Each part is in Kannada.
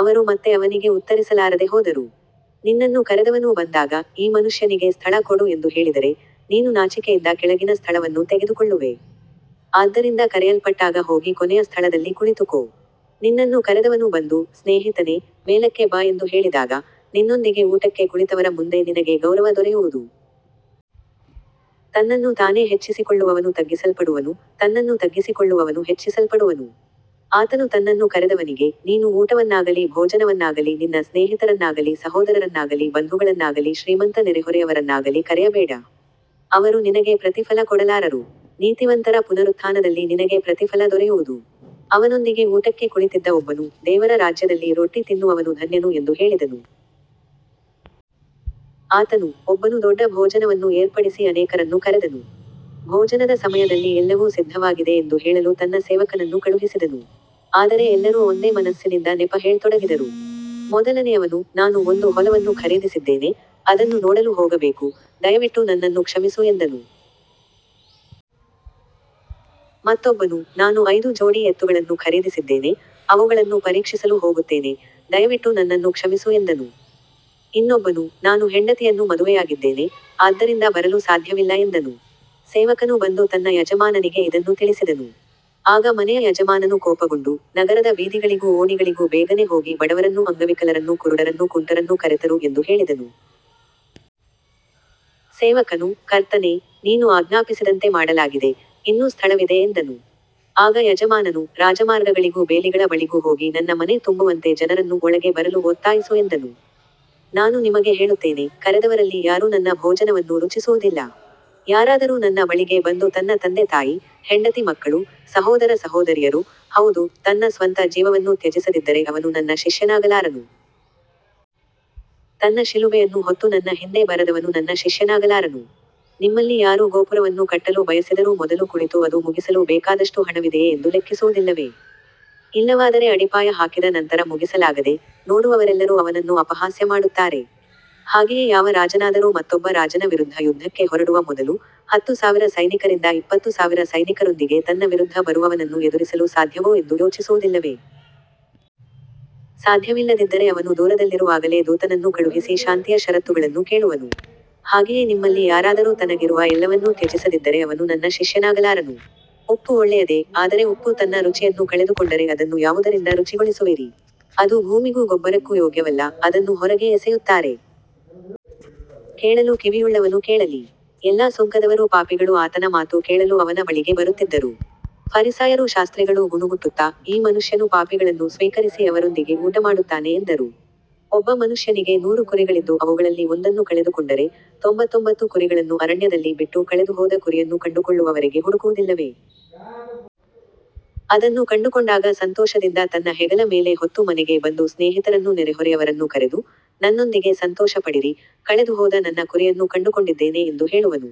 ಅವರು ಮತ್ತೆ ಅವನಿಗೆ ಉತ್ತರಿಸಲಾರದೆ ಹೋದರು. ನಿನ್ನನ್ನು ಕರೆದವನೂ ಬಂದಾಗ, ಈ ಮನುಷ್ಯನಿಗೆ ಸ್ಥಳ ಕೊಡು ಎಂದು ಹೇಳಿದರೆ, ನೀನು ನಾಚಿಕೆಯಿಂದ ಕೆಳಗಿನ ಸ್ಥಳವನ್ನು ತೆಗೆದುಕೊಳ್ಳುವೆ. ಆದ್ದರಿಂದ ಕರೆಯಲ್ಪಟ್ಟಾಗ ಹೋಗಿ ಕೊನೆಯ ಸ್ಥಳದಲ್ಲಿ ಕುಳಿತುಕೋ. ನಿನ್ನನ್ನು ಕರೆದವನು ಬಂದು, ಸ್ನೇಹಿತನೇ, ಮೇಲಕ್ಕೆ ಬಾ ಎಂದು ಹೇಳಿದಾಗ, ನಿನ್ನೊಂದಿಗೆ ಊಟಕ್ಕೆ ಕುಳಿತವರ ಮುಂದೆ ನಿನಗೆ ಗೌರವ ದೊರೆಯುವುದು. ತನ್ನನ್ನು ತಾನೇ ಹೆಚ್ಚಿಸಿಕೊಳ್ಳುವವನು ತಗ್ಗಿಸಲ್ಪಡುವನು, ತನ್ನನ್ನು ತಗ್ಗಿಸಿಕೊಳ್ಳುವವನು ಹೆಚ್ಚಿಸಲ್ಪಡುವನು. ಆತನು ತನ್ನನ್ನು ಕರೆದವನಿಗೆ, ನೀನು ಊಟವನ್ನಾಗಲಿ ಭೋಜನವನ್ನಾಗಲಿ ನಿನ್ನ ಸ್ನೇಹಿತರನ್ನಾಗಲಿ ಸಹೋದರರನ್ನಾಗಲಿ ಬಂಧುಗಳನ್ನಾಗಲಿ ಶ್ರೀಮಂತ ನೆರೆಹೊರೆಯವರನ್ನಾಗಲಿ ಕರೆಯಬೇಡ. ಅವರು ನಿನಗೆ ಪ್ರತಿಫಲ ಕೊಡಲಾರರು. ನೀತಿವಂತರ ಪುನರುತ್ಥಾನದಲ್ಲಿ ನಿನಗೆ ಪ್ರತಿಫಲ ದೊರೆಯುವುದು. ಅವನೊಂದಿಗೆ ಊಟಕ್ಕೆ ಕುಳಿತಿದ್ದ ಒಬ್ಬನು, ದೇವರ ರಾಜ್ಯದಲ್ಲಿ ರೊಟ್ಟಿ ತಿನ್ನುವವನು ಧನ್ಯನು ಎಂದು ಹೇಳಿದನು. ಆತನು, ಒಬ್ಬನು ದೊಡ್ಡ ಭೋಜನವನ್ನು ಏರ್ಪಡಿಸಿ ಅನೇಕರನ್ನು ಕರೆದನು. ಭೋಜನದ ಸಮಯದಲ್ಲಿ ಎಲ್ಲವೂ ಸಿದ್ಧವಾಗಿದೆ ಎಂದು ಹೇಳಲು ತನ್ನ ಸೇವಕನನ್ನು ಕಳುಹಿಸಿದನು. ಆದರೆ ಎಲ್ಲರೂ ಒಂದೇ ಮನಸ್ಸಿನಿಂದ ನೆಪ ಹೇಳತೊಡಗಿದರು. ಮೊದಲನೆಯವನು, ನಾನು ಒಂದು ಹೊಲವನ್ನು ಖರೀದಿಸಿದ್ದೇನೆ, ಅದನ್ನು ನೋಡಲು ಹೋಗಬೇಕು, ದಯವಿಟ್ಟು ನನ್ನನ್ನು ಕ್ಷಮಿಸು ಎಂದನು. ಮತ್ತೊಬ್ಬನು, ನಾನು ಐದು ಜೋಡಿ ಎತ್ತುಗಳನ್ನು ಖರೀದಿಸಿದ್ದೇನೆ, ಅವುಗಳನ್ನು ಪರೀಕ್ಷಿಸಲು ಹೋಗುತ್ತೇನೆ, ದಯವಿಟ್ಟು ನನ್ನನ್ನು ಕ್ಷಮಿಸು ಎಂದನು. ಇನ್ನೊಬ್ಬನು, ನಾನು ಹೆಂಡತಿಯನ್ನು ಮದುವೆಯಾಗಿದ್ದೇನೆ, ಆದ್ದರಿಂದ ಬರಲು ಸಾಧ್ಯವಿಲ್ಲ ಎಂದನು. ಸೇವಕನು ಬಂದು ತನ್ನ ಯಜಮಾನನಿಗೆ ಇದನ್ನು ತಿಳಿಸಿದನು. ಆಗ ಮನೆಯ ಯಜಮಾನನು ಕೋಪಗೊಂಡು, ನಗರದ ಬೀದಿಗಳಿಗೂ ಓಣಿಗಳಿಗೂ ಬೇಗನೆ ಹೋಗಿ ಬಡವರನ್ನೂ ಅಂಗವಿಕಲರನ್ನೂ ಕುರುಡರನ್ನೂ ಕುಂಟರನ್ನೂ ಕರೆತರು ಎಂದು ಹೇಳಿದನು. ಸೇವಕನು, ಕರ್ತನೇ, ನೀನು ಆಜ್ಞಾಪಿಸಿದಂತೆ ಮಾಡಲಾಗಿದೆ, ಇನ್ನೂ ಸ್ಥಳವಿದೆ ಎಂದನು. ಆಗ ಯಜಮಾನನು, ರಾಜಮಾರ್ಗಗಳಿಗೂ ಬೇಲಿಗಳ ಬಳಿಗೂ ಹೋಗಿ ನನ್ನ ಮನೆ ತುಂಬುವಂತೆ ಜನರನ್ನು ಒಳಗೆ ಬರಲು ಒತ್ತಾಯಿಸು ಎಂದನು. ನಾನು ನಿಮಗೆ ಹೇಳುತ್ತೇನೆ, ಕರೆದವರಲ್ಲಿ ಯಾರೂ ನನ್ನ ಭೋಜನವನ್ನು ರುಚಿಸುವುದಿಲ್ಲ. ಯಾರಾದರೂ ನನ್ನ ಬಳಿಗೆ ಬಂದು ತನ್ನ ತಂದೆ ತಾಯಿ, ಹೆಂಡತಿ ಮಕ್ಕಳು, ಸಹೋದರ ಸಹೋದರಿಯರು, ಹೌದು, ತನ್ನ ಸ್ವಂತ ಜೀವವನ್ನೂ ತ್ಯಜಿಸದಿದ್ದರೆ ಅವನು ನನ್ನ ಶಿಷ್ಯನಾಗಲಾರನು. ತನ್ನ ಶಿಲುಬೆಯನ್ನು ಹೊತ್ತು ನನ್ನ ಹಿಂದೆ ಬರದವನು ನನ್ನ ಶಿಷ್ಯನಾಗಲಾರನು. ನಿಮ್ಮಲ್ಲಿ ಯಾರು ಗೋಪುರವನ್ನು ಕಟ್ಟಲು ಬಯಸಿದರೂ ಮೊದಲು ಕುಳಿತು ಅದು ಮುಗಿಸಲು ಬೇಕಾದಷ್ಟು ಹಣವಿದೆಯೇ ಎಂದು ಲೆಕ್ಕಿಸುವುದಿಲ್ಲವೇ? ಇಲ್ಲವಾದರೆ ಅಡಿಪಾಯ ಹಾಕಿದ ನಂತರ ಮುಗಿಸಲಾಗದೆ, ನೋಡುವವರೆಲ್ಲರೂ ಅವನನ್ನು ಅಪಹಾಸ್ಯ ಮಾಡುತ್ತಾರೆ. ಹಾಗೆಯೇ ಯಾವ ರಾಜನಾದರೂ ಮತ್ತೊಬ್ಬ ರಾಜನ ವಿರುದ್ಧ ಯುದ್ಧಕ್ಕೆ ಹೊರಡುವ ಮೊದಲು, ಹತ್ತು ಸಾವಿರ ಸೈನಿಕರಿಂದ ಇಪ್ಪತ್ತು ಸಾವಿರ ಸೈನಿಕರೊಂದಿಗೆ ತನ್ನ ವಿರುದ್ಧ ಬರುವವನನ್ನು ಎದುರಿಸಲು ಸಾಧ್ಯವೋ ಎಂದು ಯೋಚಿಸುವುದಿಲ್ಲವೇ? ಸಾಧ್ಯವಿಲ್ಲದಿದ್ದರೆ ಅವನು ದೂರದಲ್ಲಿರುವಾಗಲೇ ದೂತನನ್ನು ಕಳುಹಿಸಿ ಶಾಂತಿಯ ಷರತ್ತುಗಳನ್ನು ಕೇಳುವನು. ಹಾಗೆಯೇ ನಿಮ್ಮಲ್ಲಿ ಯಾರಾದರೂ ತನಗಿರುವ ಎಲ್ಲವನ್ನೂ ತ್ಯಜಿಸದಿದ್ದರೆ ಅವನು ನನ್ನ ಶಿಷ್ಯನಾಗಲಾರನು. ಉಪ್ಪು ಒಳ್ಳೆಯದೇ, ಆದರೆ ಉಪ್ಪು ತನ್ನ ರುಚಿಯನ್ನು ಕಳೆದುಕೊಂಡರೆ ಅದನ್ನು ಯಾವುದರಿಂದ ರುಚಿಗೊಳಿಸುವಿರಿ? ಅದು ಭೂಮಿಗೂ ಗೊಬ್ಬರಕ್ಕೂ ಯೋಗ್ಯವಲ್ಲ, ಅದನ್ನು ಹೊರಗೆ ಎಸೆಯುತ್ತಾರೆ. ಕೇಳಲು ಕಿವಿಯುಳ್ಳವನು ಕೇಳಲಿ. ಎಲ್ಲಾ ಸುಂಕದವರೂ ಪಾಪಿಗಳೂ ಆತನ ಮಾತು ಕೇಳಲು ಅವನ ಬಳಿಗೆ ಬರುತ್ತಿದ್ದರು. ಫರಿಸಾಯರೂ ಶಾಸ್ತ್ರಿಗಳೂ ಗುಣುಗುಟ್ಟುತ್ತಾ, ಈ ಮನುಷ್ಯನು ಪಾಪಿಗಳನ್ನು ಸ್ವೀಕರಿಸಿ ಅವರೊಂದಿಗೆ ಊಟಮಾಡುತ್ತಾನೆ ಎಂದರು. ಒಬ್ಬ ಮನುಷ್ಯನಿಗೆ ನೂರು ಕುರಿಗಳಿದ್ದು ಅವುಗಳಲ್ಲಿ ಒಂದನ್ನು ಕಳೆದುಕೊಂಡರೆ, ತೊಂಬತ್ತೊಂಬತ್ತು ಕುರಿಗಳನ್ನು ಅರಣ್ಯದಲ್ಲಿ ಬಿಟ್ಟು ಕಳೆದುಹೋದ ಕುರಿಯನ್ನು ಕಂಡುಕೊಳ್ಳುವವರೆಗೆ ಹುಡುಕುವುದಿಲ್ಲವೇ? ಅದನ್ನು ಕಂಡುಕೊಂಡಾಗ ಸಂತೋಷದಿಂದ ತನ್ನ ಹೆಗಲ ಮೇಲೆ ಹೊತ್ತು ಮನೆಗೆ ಬಂದು ಸ್ನೇಹಿತರನ್ನೂ ನೆರೆಹೊರೆಯವರನ್ನೂ ಕರೆದು, ನನ್ನೊಂದಿಗೆ ಸಂತೋಷಪಡಿರಿ, ಕಳೆದುಹೋದ ನನ್ನ ಕುರಿಯನ್ನು ಕಂಡುಕೊಂಡಿದ್ದೇನೆ ಎಂದು ಹೇಳುವನು.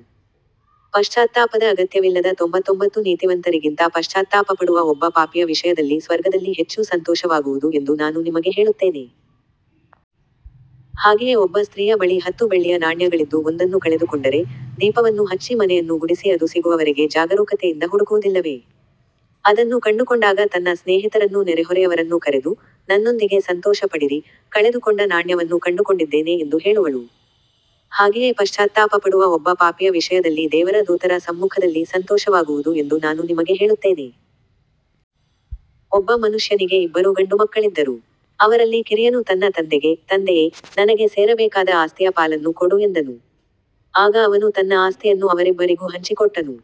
ಪಶ್ಚಾತ್ತಾಪದ ಅಗತ್ಯವಿಲ್ಲದ ತೊಂಬತ್ತೊಂಬತ್ತು ನೀತಿವಂತರಿಗಿಂತ ಪಶ್ಚಾತ್ತಾಪಪಡುವ ಒಬ್ಬ ಪಾಪಿಯ ವಿಷಯದಲ್ಲಿ ಸ್ವರ್ಗದಲ್ಲಿ ಹೆಚ್ಚು ಸಂತೋಷವಾಗುವುದು ಎಂದು ನಾನು ನಿಮಗೆ ಹೇಳುತ್ತೇನೆ. ಹಾಗೆಯೇ ಒಬ್ಬ ಸ್ತ್ರೀಯ ಬಳಿ ಹತ್ತು ಬೆಳ್ಳಿಯ ನಾಣ್ಯಗಳಿದ್ದು ಒಂದನ್ನು ಕಳೆದುಕೊಂಡರೆ, ದೀಪವನ್ನು ಹಚ್ಚಿ ಮನೆಯನ್ನು ಗುಡಿಸಿ ಅದು ಸಿಗುವವರೆಗೆ ಜಾಗರೂಕತೆಯಿಂದ ಹುಡುಕುವುದಿಲ್ಲವೇ? ಅದನ್ನು ಕಂಡುಕೊಂಡಾಗ ತನ್ನ ಸ್ನೇಹಿತರನ್ನೂ ನೆರೆಹೊರೆಯವರನ್ನೂ ಕರೆದು, ನನ್ನೊಂದಿಗೆ ಸಂತೋಷಪಡಿರಿ, ಕಳೆದುಕೊಂಡ ನಾಣ್ಯವನ್ನು ಕಂಡುಕೊಂಡಿದ್ದೇನೆ ಎಂದು ಹೇಳುವಳು. ಹಾಗೆಯೇ ಪಶ್ಚಾತ್ತಾಪಪಡುವ ಒಬ್ಬ ಪಾಪಿಯ ವಿಷಯದಲ್ಲಿ ದೇವರ ದೂತರ ಸಮ್ಮುಖದಲ್ಲಿ ಸಂತೋಷವಾಗುವುದು ಎಂದು ನಾನು ನಿಮಗೆ ಹೇಳುತ್ತೇನೆ. ಒಬ್ಬ ಮನುಷ್ಯನಿಗೆ ಇಬ್ಬರು ಗಂಡುಮಕ್ಕಳಿದ್ದರು. ಅವರಲ್ಲಿ ಕಿರಿಯನು ತನ್ನ ತಂದೆಗೆ, ತಂದೆಯೇ, ನನಗೆ ಸೇರಬೇಕಾದ ಆಸ್ತಿಯ ಪಾಲನ್ನು ಕೊಡು ಎಂದನು. ಆಗ ಅವನು ತನ್ನ ಆಸ್ತಿಯನ್ನು ಅವರಿಬ್ಬರಿಗೂ ಹಂಚಿಕೊಟ್ಟನು.